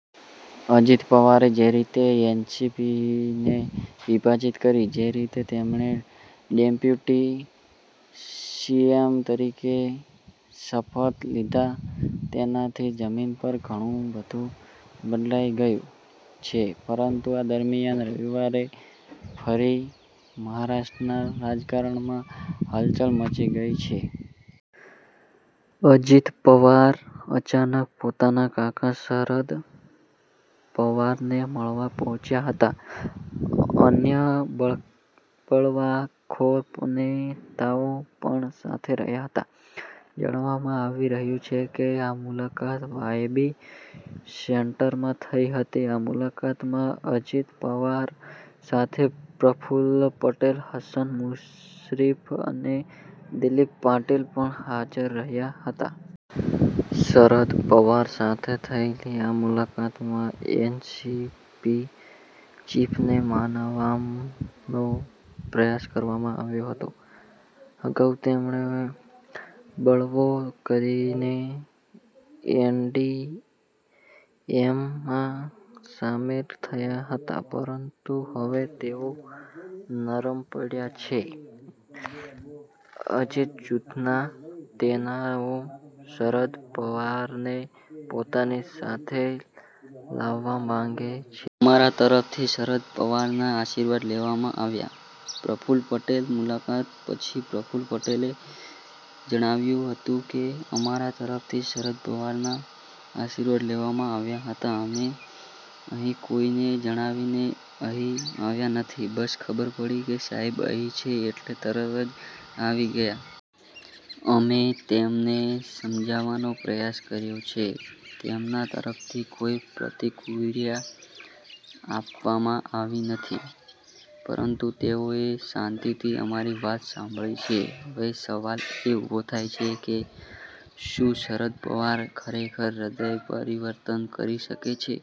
અજિત પવારે જે રીતે એનસીપીને વિભાજિત કરી, જે રીતે તેમણે ડેપ્યુટી સીએમ તરીકે શપથ લીધા તેનાથી જમીન પર ઘણું બધું બદલાઈ ગયું છે. પરંતુ આ દરમિયાન રવિવારે ફરી મહારાષ્ટ્રના રાજકારણમાં હલચલ મચી ગઇ છે. અજિત પવાર અચાનક પોતાના કાકા શરદ પવારને મળવા પહોંચ્યા હતા. અન્ય બળવાખોર નેતાઓ પણ સાથે રહ્યા હતા. જણાવવામાં આવી રહ્યું છે કે આ મુલાકાત વાયબી સેન્ટરમાં થઈ હતી. આ મુલાકાતમાં અજિત પવાર સાથે પ્રફુલ્લ પટેલ, હસન મુશરીફ અને દિલીપ પાટીલ પણ હાજર રહ્યા હતા. શરદ પવાર સાથે થયેલી આ મુલાકાતમાં એનસીપી ચીફને મનાવવાનો પ્રયાસ કરવામાં આવ્યો હતો. અગાઉ તેમણે બળવો કરીને એનડીએમાં સામેલ થયા હતા, પરંતુ હવે તેઓ નરમ પડ્યા છે. અજિત જૂથના નેતાઓ શરદ પવારને પોતાની સાથે લાવવા માગે છે. અમારા તરફથી શરદ પવારના આશીર્વાદ લેવામાં આવ્યા – પ્રફુલ પટેલ મુલાકાત પછી પ્રફુલ પટેલે જણાવ્યું હતું કે અમારા તરફથી શરદ પવારના આશીર્વાદ લેવામાં આવ્યા હતા. અમે અહીં કોઈને જણાવીને અહીં આવ્યા નથી, બસ ખબર પડી કે સાહેબ અહીં છે એટલે તરત જ આવી ગયા. અમે તેમને સમજાવવાનો પ્રયાસ કર્યો છે, તેમના તરફથી કોઈ પ્રતિક્રિયા આપવામાં આવી નથી, પરંતુ તેઓએ શાંતિથી અમારી વાત સાંભળી છે. હવે સવાલ એ ઉભો થાય છે કે શું શરદ પવાર ખરેખર હૃદય પરિવર્તન કરી શકે છે?